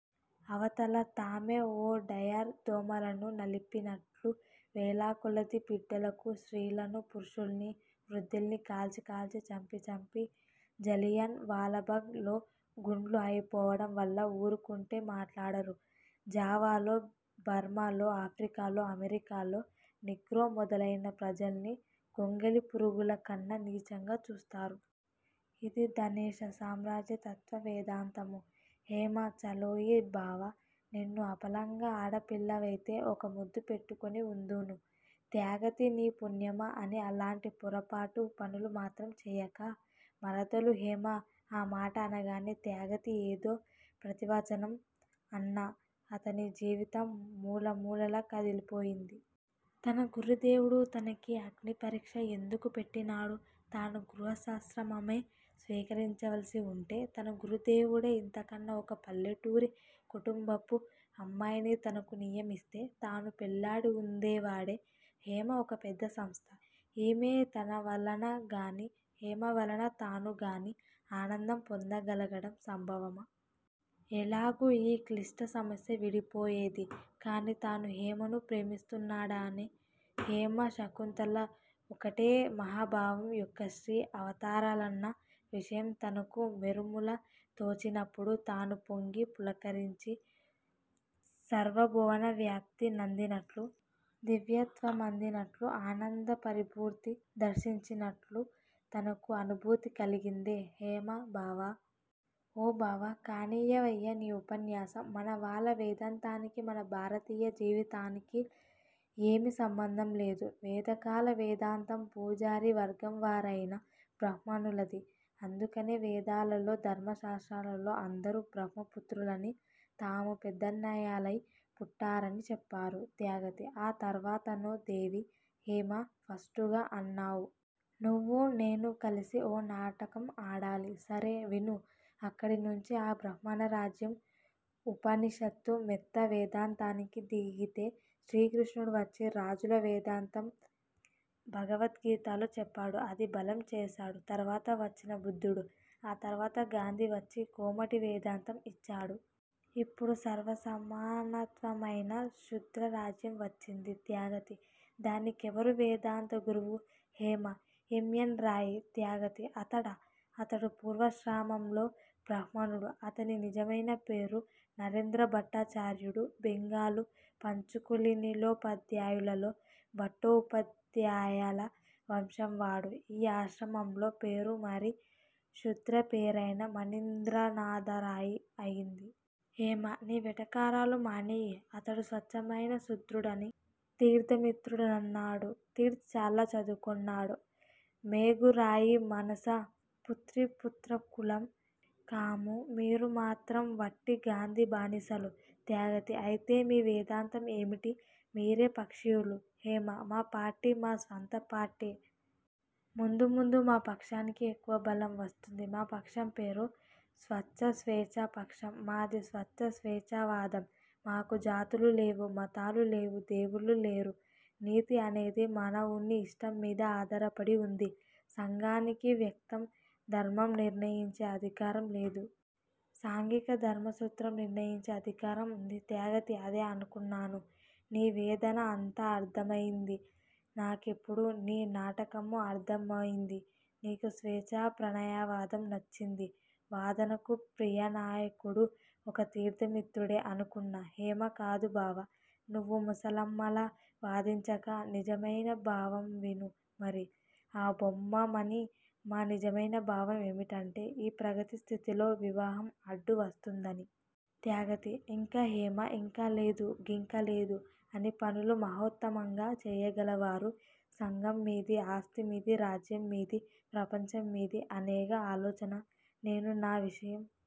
అవతల తామే ఓ డయ్యర్ దోమలను నలిపినట్లు వేలకొలది బిడ్డలకూ, స్త్రీలనూ, పురుషుల్నీ, వృద్దుల్నీ కాల్చి కాల్చి, చంపి చంపి, జలియన్ వాలాబాగ్ లో గుండ్లు అయిపోవడం వల్ల ఊరుకుంటే మాట్లాడరు. జావాలో, బర్మాలో, ఆఫ్రికాలో, అమెరికాలో నీగ్రో మొదలైన ప్రజల్ని గొంగళి పురుగుల కన్నా నీచంగా చూస్తారు. ఇది ధనేశ సామ్రాజ్యతత్వ వేదాంతము. హేమ చాలోయి బావా! నిన్ను ఆపళంగా ఆడపిల్లవైతే ఒక ముద్దు పెట్టుకొని వుందును. త్యాగతి నీ పుణ్యమా అని అలాంటి పొరపాటు పనులు మాత్రం చేయక. మరదలు హేమ ఆ మాట అనగానే త్యాగతి ఏదో ప్రతివచనం అన్నా, అతని జీవితం మూలమూలలా కదిలిపోయింది. తన గురుదేవుడు తన కీ అగ్నిపరీక్ష యెందుకు పెట్టినాడు? తాను గృహస్తాశ్రమమే స్వీకరించవలసి వుంటే, తన గురుదేవుడే ఇంతకన్న ఒక పల్లెటూరి కుటుంబపు అమ్మాయిని తనకు నియమిస్తే, తాను పెళ్ళాడి వుందేవాడే! హేమ ఒక పెద్ద సంస్థ! ఈమె తనవలనగానీ, హేమ వలన తానుగానీ ఆనందం పొందగలగడం సంభవమా? ఎలాగు ఈ క్లిష్ట సమస్య విడిపోయేది? కాని తాను హేమను ప్రేమిస్తున్నాడే. హేమా, శకుంతలా ఒకటే మహాభావం యొక్క స్త్రీ అవతారాలన్న విషయం తనకు మెరుములా తోచినప్పుడు తాను పొంగి, పులకించి, సర్వభువనవ్యాప్తి నందినట్లు, దివ్యత్వమందినట్లు అనంద పరిపూర్తి దర్శించినట్లు తనకు అనుభూతి కలిగిందే! హేమ: బావా! ఓ బావా! కానియ్యవయ్యా నీ ఉపన్యాసం! మనవాళ్ళ వేదాంతానికి, మన భారతీయ జీవితానికీ ఏమీ సంబంధంలేదు వేదకాల వేదాంతం పూజారి వర్గంవారయిన బ్రాహ్మణులది. అందుకనే వేదాలలో, ధర్మశాస్త్రాలలో అందరూ బ్రహ్మపుత్రులనీ, తాము పెద్దన్నయ్యలై పుట్టారనీ చెప్పారు. త్యాగతి: ఆ తర్వాతనో దేవీ! హేమ ఫస్టుగా అన్నావు! నువ్వూ నేనూ కలసి ఓ నాటకం ఆడాలి. సరే విను. అక్కడినుంచి ఆ బ్రాహ్మణరాజ్యం ఉపనిషత్తు మెత్త వేదాంతానికి దిగితే. శ్రీకృష్ణుడు వచ్చి రాజుల వేదాంతం భగవద్గీతలో చెప్పాడు. అది బలం చేశాడు తర్వాత వచ్చిన బుద్ధుడు. ఆ తర్వాత గాంధీ వచ్చి కోమటి వేదాంతం ఇచ్చాడు. ఇప్పుడు సర్వసమానవత్వమైన శూద్రరాజ్యం వచ్చింది. త్యాగతి: దాని కెవరు వేదాంత గురువు? హేమ: ఎం. ఎన్. రాయి! త్యాగతి: అతడా! అతడు పూర్వాశ్రమంలో బ్రాహ్మణుడు! అతని నిజమైన పేరు నరేంద్రభట్టాచార్యుడు. బెంగాలు పంచుకులీనోపాద్యాయులలో భట్టోపాధ్యాయుల వంశంవాడు. ఈ ఆశ్రమంలో పేరు మారి శూద్ర పేరైన మణీంద్రనాధరాయి అయింది. హేమ: నీ వెటకారాలు మానెయ్యి. అతడు స్వచ్చమైన శూద్రుడని తీర్థమిత్రుడన్నాడు. తీర్థ్ చాలా చదువుకొన్నాడు. మేఘు రాయి మానస పుత్రీపుత్రకులం కాము. మీరు మాత్రం వట్టి గాంధీ బానిసలు. త్యాగతి: అయితే మీ వేదాంతం ఏమిటి? మీరే పక్షీయులు? హేమ: మా పార్టీ మా స్వంత పార్టే! ముందు ముందు మా పక్షానికి ఎక్కువబలం వస్తుంది మా పక్షం పేరు '' స్వచ్ఛ స్వేచ్ఛాపక్షం'' మాది స్వచ్ఛ స్వేచ్ఛావాదం! మాకు జాతులు లేవు, మతాలూ లేవు, దేవుళ్ళులేరు, నీతి అనేది మానవుని ఇస్టంమీద ఆధారపడి ఉంది. సంఘానికి వ్యక్తి ధర్మం నిర్ణయించే అధికారం లేదు. సాంఘీక ధర్మసూత్రం నిర్ణయించే అధికారం వుంది. త్యాగతి: అదే అనుకున్నాను. నీ వేదన అంతా అర్ధమయింది నాకిప్పుడు. నీ నాటకమూ అర్ధమయింది. నీకూ స్వేచ్ఛా ప్రణయవాదం నచ్చింది. వాదనకు ప్రియనాయకుడు ఒక్క తీర్ధమిత్రుడే అనుకున్నా! హేమ కాదు బావా, నువ్వు ముసలమ్మలా వాదించక, నిజమైన భావంవిను మరీ, ఆ బొమ్మమాని, మా నిజమైన భావం ఏమిటంటే-ఈ ప్రగతి స్థితిలో వివాహం అడ్డు వస్తుందని. త్యాగతి: ఇంకా! హేమ: ఇంకా లేదు గింకాలేదు! అన్ని పనులు మహోత్తమంగా చేయగలవారు సంఘం మీది, ఆస్తిమీది, రాజ్యం మీది, ప్రపంచం మీది, అనేగా ఆలోచన! నేను నా విషయం